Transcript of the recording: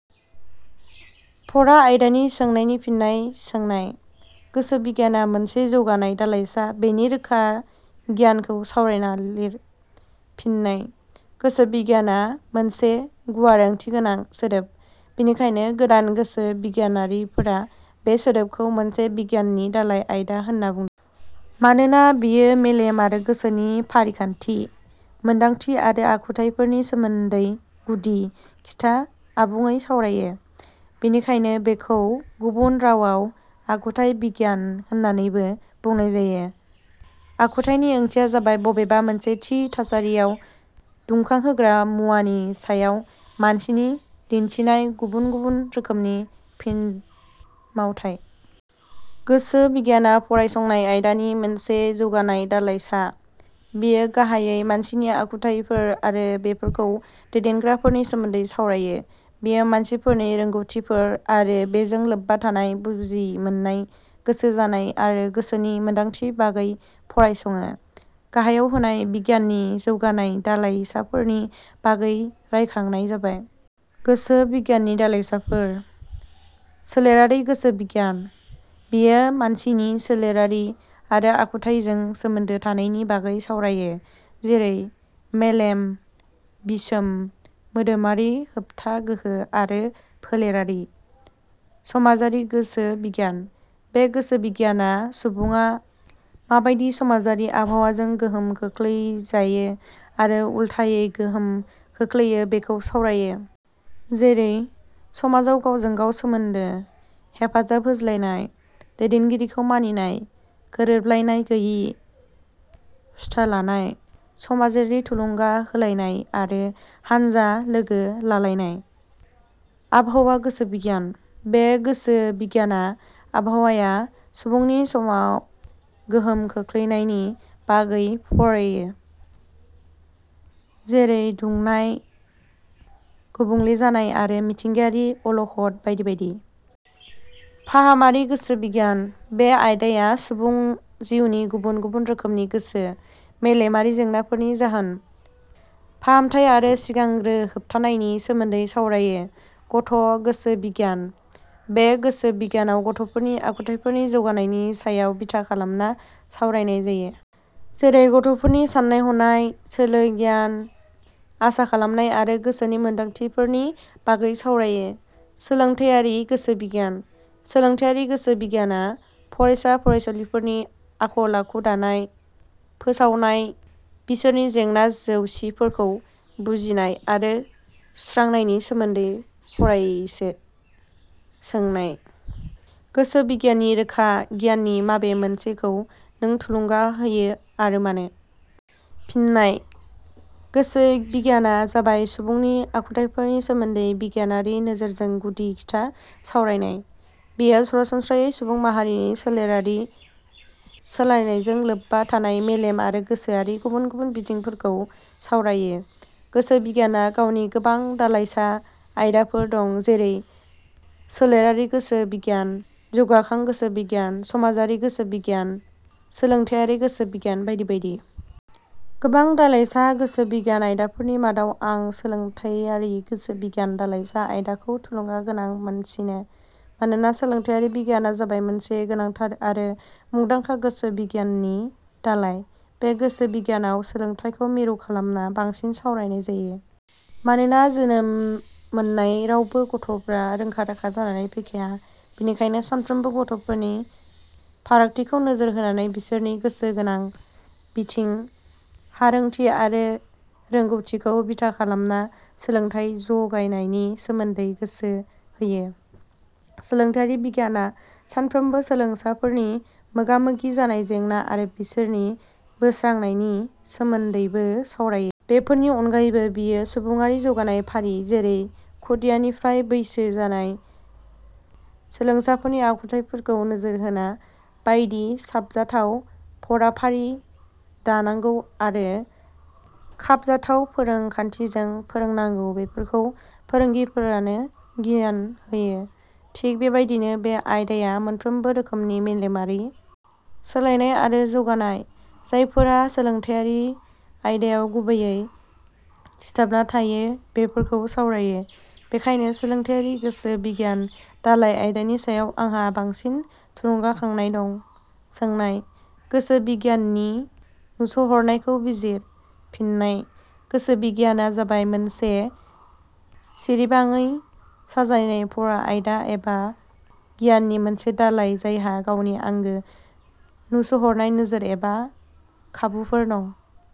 फरा आयदानि सोंनायनि फिननाय सोंनाय –. गोसो बिगियाना मोनसे जौगानाय दालाइसा बेनि रोखा गियानखौ सावरायना लिर। फिननाय: गोसो बिगियाना मोनसे गुवार ओंथि गोनां सोदोब। बेनिखायनो गोदान गोसो बिगियानगिरिफोरा बे सोदोबखौ मोनसे बिगियाननि दालाइ आयदा होन्ना बुंदों। मानोना बेयो मेलेम आरो गोसोनि फारिखान्थि, मोनदांथि आरो आखुथाइफोरनि सोमोन्दै गुदि – खिथा आबुङै सावरायो। बेनिखायनो बेखौ गुबुन रावआव आखुथाइ बिगियान होननानैबो बुंनाय जायो। आखुथाइनि ओंथिया जाबाय बबेबा मोनसे थि थासारियाव दुखांहोग्रा मुवानि सायाव मानसिनि दिन्थिनाय गुबुन – गुबुन रोखोमनि फिनमावथाइ। गोसो बिगियाना फरायसंनाय आयदानि मोनसे जौगानाय दालाइसा। बेयो गाहाइयै मानसिनि आखुथाइफोर आरो बेफोरखौ दैदेनग्राफोरनि सोमोन्दै सावरायो। बेयो मानसिफोरनि रोंगौथिफोर आरो बेजों लोब्बा थानाय बुजिमोन्नाय, गोसो जानाय आरो गोसोनि मोनदांथि बागै फरायसङो। गाहायाव गोसो बिगियाननि जौगानाय दालाइसाफोरनि बागै रायखांनाय जाबाय। गोसो बिगियाननि दालाइसाफोर: सोलेरारि गोसो बिगियान: बेयो मानसिनि सोलेरारि आरो आखुथाइजों सोमोन्दो थानायनि बागै सावरायो। जेरै- मेलेम, बिसोम, मोदोमारि होबथा गोहो आरो फोलेरारि। समाजारि गोसो बिगियान: बे गोसो बिगियाना सुबुङा माबादि समाजारि आबहावाजों गोहोम खोखलैजायो आरो उलथायै गोहोम खोख्लैयो बेखौ सावरायो। जेरै-समाजाव गावजों गाव सोमोन्दो, हेफाजाब होज्लायनाय, दैदेनगिरिखौ मानिनाय, गोरोबलायनाय गैयि, सुथालानाय, समाजारि थुलुंगा होलायनाय आरो हानजा लोगो लालायनाय। आबहावा गोसो बिगियान: बे गोसो बिगियाना आबहावाया सुबुंनि समाव गोहोम खोख्लैनायनि बागै फरायसो। जेरै- दुंनाय, गुबुंले जानाय आरो मिथिंगायारि अलखद बायदि बायदि। फाहामारि गोसो बिगियान: बे आयदाया सुबुं जिउनि गुबुन गुबुन रोखोमनि गोसो – मेलेमारि जेंनाफोरनि जाहोन, फाहामथाइ आरो सिगांग्रो होबथानायनि सोमोन्दै सावरायो। गथ' गोसो बिगियान: बे गोसो बिगियानाव गथ'फोरनि आखुथाइफोरनि जौगानायनि सायाव बिथा खालामना सावरायनाय जायो। जेरै-गथ'फोरनि सान्नाय-हनाय, सोलो-गियान, आसाखालामनाय आरो गोसोनि मोनदांथिफोरनि बागै सावरायो। सोलोंथाइयारि गोसो बिगियान: सोलोंथाइयारि गोसो बिगियाना फरायसा-फरायसुलिफोरनि आखल आखु दानाय, फोसावनाय, बिसोरनि जेंना-जैसिफोरखौ बुजिनाय आरो सुस्रांनायनि सोमोन्दै फरायसो। सोंनाय-. गोसो बिगियाननि रोखा गियाननि माबे मोनसेखौ नों थुलुंगा होयो आरो मानो? फिननाय: गोसो बिगियाना जाबाय सुबुंनि आखुथाइफोरनि सोमोन्दै बिगियानारि नोजोरजों गुदि – खिथा सावरायनाय। बेयो सरासनस्त्रायै सुबुं माहारिनि सोलेरारि सोलायनायजों लोब्बा थानाय मेलेम आरो गोसोआरि गुबुन-गुबुन बिथिंफोरखौ सावरायो। गोसो बिगियाना गावनि गोबां दालाइसा आयदाफोर दं जेरै- सोलेरारि गोसो बिगियान, जौगाखां गोसो बिगियान, समाजारि गोसो बिगियान, सोलोंथाइयारि गोसो बिगियान बायदि बायदि। गोबां दालाइसा गोसो बिगियान आयदाफोरनि मादाव आं सोलोंथाइयारि गोसो बिगियान दालाइसा आयदाखौ थुलुंगा गोनां मोनसिनो। मानोना सोलोंथाइयारि बिगियाना जाबाय मोनसे गोनांथार आरो मुंदांखा गोसो बिगियाननि दालाइ। बे गोसो बिगियानाव सोलोंथाखौ मिरु खालामना बांसिन सावरायनाय जायो। मानोना जोनोम मोनाय रावबो गथ 'फोरा रोंखा- राखा जानानै फैखाया। बेनिखायनो साफ्रोमबो गथ 'फोरनि फारागथिखौ नोजोर होनानै बिसोरनि गोसो गोनां बिथिं, हारोंथि आरो रोंगौथिखौ बिथा खालामना सोलोंथाइ ज 'गायनायनि सोमोन्दै गोसो होयो। सोलोंथाइयारि बिगियाना साफ्रोमबो सोलोंसाफोरनि मोगा-मोगि जानाय जेंना आरो बेफोरनि बोत्रांनायनि सोमोन्दैबो सावरायो। बेफोरनि अनगायैबो बेयो सुबुडारि जौगानाय फारि जेरै खुदियानिफ्राय बैसो जानाय सोलसाफोरनि आखुथाइफोरखौ नोजोर होना माबायदि साबजाथाव फराफारि दानांगौ अरो खाबजाथाव फोरों खान्थिजों फोरोंनांगौ बेफोरखौ फोरोंगिरिफोरनो गियान होयो। थिग बेबादिनो बे आयदाया मोनफ्रोमबो रोखोमनि मेलेमारि। सोलायनाय आरो जौगानाय, जायफोरा सोलोंथाइयारि आयदायाव गुबैयै। सिथाबना थायो बेफोरखौ सावरायो। बेनिखायनो सोलोंथाइयारि गोसो बिगियान दालाइ आयदानि सायाव आंहा बांसिन थुलुंगा खांनाय दं। सोंनाय –. गोसो बिगियाननि नुस 'हरनाय खौ बिजिर? फिननाय: गोसो बिगियाना जाबाय मोनसे सिरिबांङै साजायजानाय फरा आयदा एबा गियाननि मोनसे दालाइ जायहा गावनि आंगो नुस'हरनाय नोजोर एबा खाबुफोर दं।